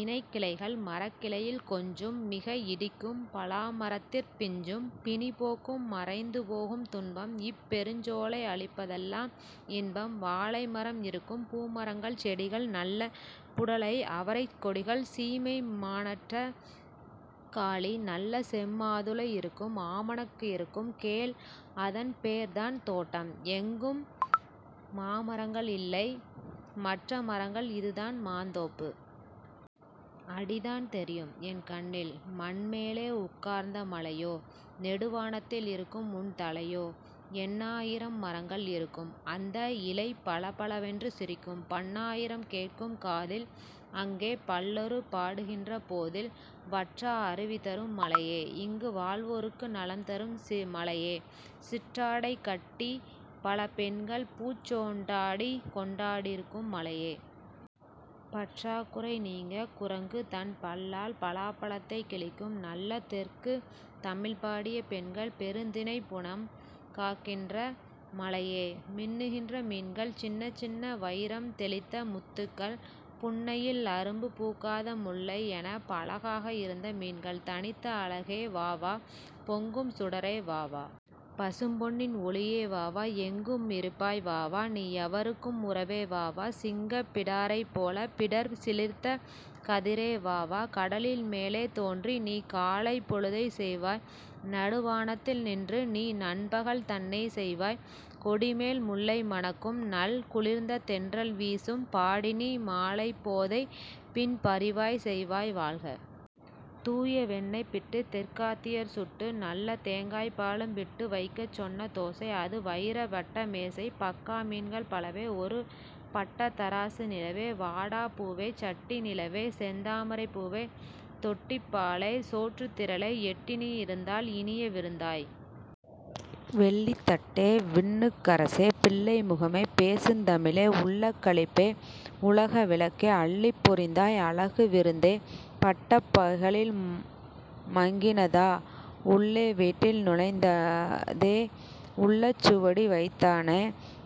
இணைக்கிளைகள் மரக்கிளையில் கொஞ்சும்-மிக இடிக்கும் பலா மரத்திற் பிஞ்சும்! பிணிபோகும் மறைந்துபோகும் துன்பம்-இப் பெருஞ்சோலை அளிப்பதெல்லாம் இன்பம்! வாழைமரம் இருக்கும். பூமரங்கள் செடிகள்-நல்ல புடலை அவரைக் கொடிகள், சீமைமாணற்றக் காளி-நல்ல செம்மாதுளை இருக்கும். ஆமணக்கும் இருக்கும் கேள் அதன் பேர்தான் தோட்டம். எங்கும் மாமரங்கள்; இல்லை மற்ற மரங்கள் இதுதான் மாந் தோப்பு. அடிதான் தெரியும் என் கண்ணில். மண்மேலே உட்கார்ந்த மலையோ! -நெடு வானத்தில் இருக்கும்உன் தலையோ! எண்ணாயிரம் மரங்கள் இருக்கும் அந்த இலை பள பளவென்று சிரிக்கும். பண்ணாயிரம் கேட்கும் காதில்-அங்கேப் பல்லொரும் பாடுகின்ற போதில். வற்றா அருவிதரும் மலையே! -இங்கு வாழ்வோர்க்கு நலம் தரும் மலையே! சிற்றாடை கட்டிப்பல பெண்கள்-பூச் சொண்டாடிக் கொண்டாடிருக்கும் மலையே! பற்றாக்குறை நீங்கக் குரங்கு-தன் பல்லால் பலாப்பழத்தைக் கிழிக்கும்-நல்ல தெற்குத் தமிழ்பாடியப் பெண்கள்-பெருந்தினைப்புனம் காக்கின்ற மலையே! மின்னுகின்ற மீன்கள் சின்ன சின்ன வயிரம் தௌித்த முத்துக்கள் புன்னையின் அரும்பு பூக்காத முல்லை என அழகாக இருந்தன மீன்கள்! தனித்த அழகே வாவா! பொங்கும் சுடரே வாவா! -பசும் பொன்னின் ஒளியே வாவா! எங்கும் இருப்பாய் வாவா! நீ எவர்க்கும் உறவே வாவா! சிங்கப் பிடாரைப்போல-பிடர் சிலிர்த்த கதிரே வாவா! கடலின் மேலே தோன்றி-நீ காலைப் பொழுதைச் செய்வாய். நடுவானத்தில் நின்று நீ நண்பகல் தன்னைச் செய்வாய். கொடிமேல் முல்லை மணக்கும் நல் குளிர்ந்த தென்றல் வீசும் பாடி நீ மாலைப் போதைப்-பின் பரிவாய்ச் செய்வாய் வாழ்க. தூய வெண்ணைய்ப் பிட்டு! தெற்காத்தியார் சுட்டு-நல்ல தேங்காய்ப் பாலும் விட்டு வைக்கச் சொன்ன தோசை-அது வயிர வட்ட மேசை! பாக்கா மீன்கள் பலவே-ஒரு பட்டத் தராசு நிலவே. வாடாப் பூவே! சட்டிநி லாவே! செந்தாமரைப் பூவே! தொட்டிப் பாலே! சோற்றுத் திரளே! எட்டிஇ இருந்தாய் இனியவி ருந்தாய். வெள்ளித் தட்டே! விண்ணுக் கரசே! பிள்ளை முகமே! பேசுந் தமிழே! உள்ளக் களிப்பே! உலக விளக்கே! அள்ளிப் புரிந்தாய் அழகு விருந்தே. பட்டப் பகலில் மங்கினதா? உள்ளே வீட்டில் நுழைந்ததே? உள்ள சுவடியை வைத்தானா?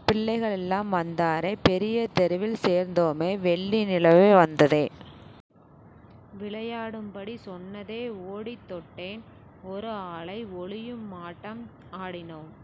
பிள்ளைகள் எல்லாம் வந்தாரா? பெரிய தெருவில் சேர்ந்தோமே? வெள்ளி நிலவே வந்ததே! விளையாடும்படி சொன்னதே! ஓடித் தொட்டேம் ஓர் ஆளை! ஒளியும் ஆட்டம் ஆடினோம்!